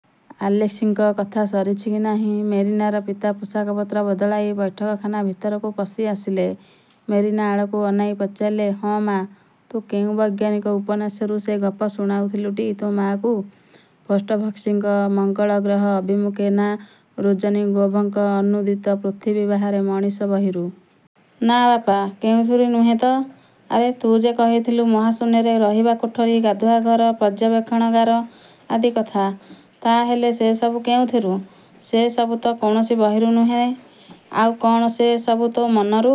'' ଆଲେସ୍କିଙ୍କ କଥା ସରିଛି କି ନାହିଁ, ମେରିନାର ପିତା ପୋଷାକପତ୍ର ବଦଳାଇ ବୈଠକଖାନା ଭିତରକୁ ପଶି ଆସିଲେ। ମେରିନା ଆଡ଼କୁ ଅନାଇ ପଚାରିଲେ,''ହଁ ମା, ତୁ କେଉଁ ବୈଜ୍ଞାନିକ ଉପନ୍ୟାସରୁ ସେ ଗପ ଶୁଣାଉଥିଲୁଟି ତୋ ମା'କୁ? ଫଷ୍ଟୋଭସ୍କିଙ୍କ 'ମଙ୍ଗଳ ଗ୍ରହ ଅଭିମୁଖେ' ନା ରୁଜନିଗୋଭଙ୍କ ଅନୂଦିତ 'ପୃଥିବୀ ବାହାରେ ମଣିଷ' ବହିରୁ? '' ''ନା ବାପା, କେଉଁଥିରୁ ନୁହେଁ ତ? '' ''ଆରେ, ତୁ ଯେ କହୁଥିଲୁ, ମହାଶୂନ୍ୟରେ ରହିବା କୋଠରି, ଗାଧୁଆ ଘର, ପର୍ଯ୍ୟବେକ୍ଷଣାଗାର ଆଦି କଥା। ତା ହେଲେ ସେ ସବୁ କେଉଁଥିରୁ? '' ''ସେ ସବୁ ତ କୌଣସି ବହିରୁ ନୁହେଁ। '' ''ଆଉ କ'ଣ ସେ ସବୁ ତୋ ମନରୁ?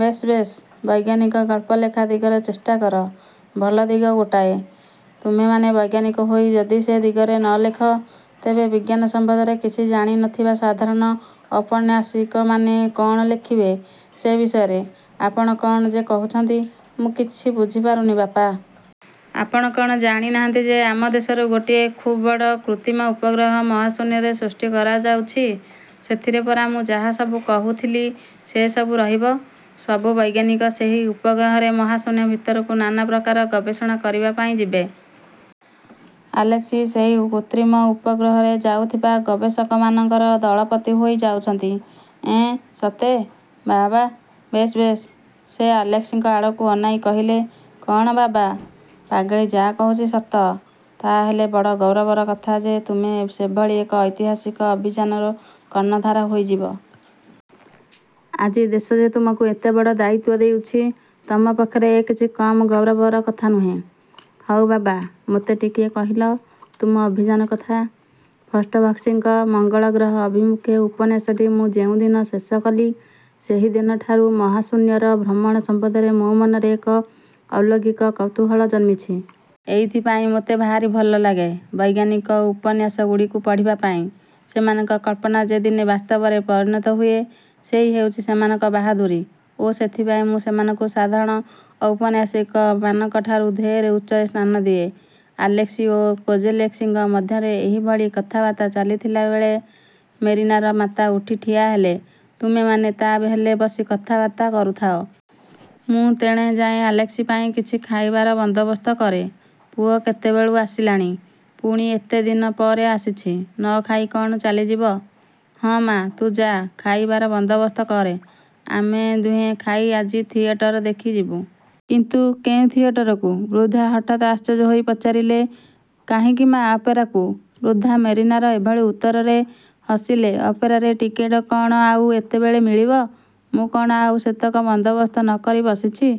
ବେଶ୍ ବେଶ୍! ବୈଜ୍ଞାନିକ ଗଳ୍ପ ଲେଖା ଦିଗରେ ଚେଷ୍ଟା କର। ଭଲ ଦିଗ ଗୋଟାଏ। ତୁମେମାନେ ବୈଜ୍ଞାନିକ ହୋଇ ଯଦି ସେ ଦିଗରେ ନ ଲେଖ, ତେବେ ବିଜ୍ଞାନ ସମ୍ୱନ୍ଧରେ କିଛି ଜାଣି ନଥିବା ସାଧାରଣ ଔପନ୍ୟାସିକମାନେ କ'ଣ ଲେଖିବେ ସେ ବିଷୟରେ? '' ''ଆପଣ କ'ଣ ଯେ କହୁଛନ୍ତି, ମୁଁ କିଛି ବୁଝିପାରୁନି ବାପା! ଆପଣ କ'ଣ ଜାଣିନାହାନ୍ତି ଯେ, ଆମ ଦେଶରୁ ଗୋଟିଏ ଖୁବ୍ବଡ଼ କୃତ୍ରିମ ଉପଗ୍ରହ ମହାଶୂନ୍ୟରେ ସୃଷ୍ଟି କରାଯାଉଛି। ସେଥିରେ ପରା ମୁଁ ଯାହା ସବୁ କହୁଥିଲି, ସେ ସବୁ ରହିବ। ବହୁ ବୈଜ୍ଞାନିକ ସେହି ଉପଗ୍ରହରେ ମହାଶୂନ୍ୟ ଭିତରକୁ ନାନାପ୍ରକାର ଗବେଷଣା କରିବା ପାଇଁ ଯିବେ। ଆଲେସ୍କି ସେଇ କୃତ୍ରିମ ଉପଗ୍ରହରେ ଯାଉଥିବା ଗବେଷକମାନଙ୍କର ଦଳପତି ହୋଇ ଯାଉଛନ୍ତି। '' ''ଏଁ, ସତେ? ବାଃ, ବାଃ, ବେଶ୍, ବେଶ୍। '' ସେ ଆଲେସ୍କିଙ୍କ ଆଡ଼କୁ ଅନାଇ କହିଲେ,''କ'ଣ ବାବା! ପାଗଳୀ ଯା' କହୁଛି ସତ? ତା' ହେଲେ ବଡ଼ ଗୌରବର କଥା ଯେ ତୁମେ ସେଭଳି ଏକ ଐତିହାସିକ ଅଭିଯାନର କର୍ଣ୍ଣଧାର ହୋଇଯିବ। ଆଜି ଦେଶ ଯେ ତୁମକୁ ଏତେ ବଡ଼ ଦାୟିତ୍ୱ ଦେଉଛି, ତମ ପକ୍ଷରେ ଏ କିଛି କମ୍ ଗୌରବର କଥା ନୁହେଁ। ହଉ ବାବା, ମୋତେ ଟିକିଏ କହିଲ ତୁମ ଅଭିଯାନ କଥା। '' ''ଫଷ୍ଟୋଭସ୍କିଙ୍କ 'ମଙ୍ଗଳଗ୍ରହ ଅଭିମୁଖେ' ଉପନ୍ୟାସଟି ମୁଁ ଯେଉଁଦିନ ଶେଷ କଲି, ସେହି ଦିନଠାରୁ ମହାଶୂନ୍ୟର ଭ୍ରମଣ ସମ୍ୱନ୍ଧରେ ମୋ ମନରେ ଏକ ଅଲୌକିକ କୌତୁହଳ ଜନ୍ମିଛି। ଏଇଥିପାଇଁ ମୋତେ ଭାରି ଭଲ ଲାଗେ ବୈଜ୍ଞାନିକ ଉପନ୍ୟାସଗୁଡ଼ିକୁ ପଢ଼ିବା ପାଇଁ। ସେମାନଙ୍କ କଳ୍ପନା ଯେ ଦିନେ ବାସ୍ତବରେ ପରିଣତ ହୁଏ, ସେଇ ହେଉଛି ସେମାନଙ୍କ ବାହାଦୂରୀ ଓ ସେଥିପାଇଁ ମୁଁ ସେମାନଙ୍କୁ ସାଧାରଣ ଔପନ୍ୟାସିକମାନଙ୍କଠାରୁ ଢେର୍ ଉଚ୍ଚରେ ସ୍ଥାନ ଦିଏ। '' ଆଲେସ୍କି ଓ କୋଜେଲେସ୍କିଙ୍କ ମଧ୍ୟରେ ଏହିଭଳି କଥାବାର୍ତ୍ତା ଚାଲିଥିଲାବେଳେ ମେରିନାର ମାତା ଉଠି ଠିଆହେଲେ–''ତୁମେମାନେ ତା' ହେଲେ ବସି କଥାବାର୍ତ୍ତା କରୁଥାଅ। ମୁଁ ତେଣେ ଯାଏ ଆଲେସ୍କି ପାଇଁ କିଛି ଖାଇବାର ବନ୍ଦୋବସ୍ତ କରେ। ପୁଅ କେତେବେଳୁ ଆସିଲାଣି, ପୁଣି ଏତେ ଦିନ ପରେ ଆସିଛି, ନ ଖାଇ କ'ଣ ଚାଲିଯିବ? '' ''ହଁ ମା, ତୁ ଯା, ଖାଇବାର ବନ୍ଦୋବସ୍ତ କର। ଆମେ ଦୁହେଁ ଖାଇ ଆଜି ଥିଏଟର ଦେଖି ଯିବୁଁ। '' ''କିନ୍ତୁ, କେଉଁ ଥିଏଟରକୁ? '' ବୃଦ୍ଧା ହଠାତ୍ ଆଶ୍ଚର୍ଯ୍ୟ ହୋଇ ପଚାରିଲେ। ''କାହିଁକି ମା, ଅପେରାକୁ? '' ବୃଦ୍ଧା ମେରିନାର ଏଭଳି ଉତ୍ତରରେ ହସିଲେ-''ଅପେରାରେ ଟିକେଟ କ'ଣ ଆଉ ଏତେବେଳେ ମିଳିବ? '' ''ମୁଁ ଆଉ କ'ଣ ସେତକ ବନ୍ଦୋବସ୍ତ ନ କରି ବସିଛି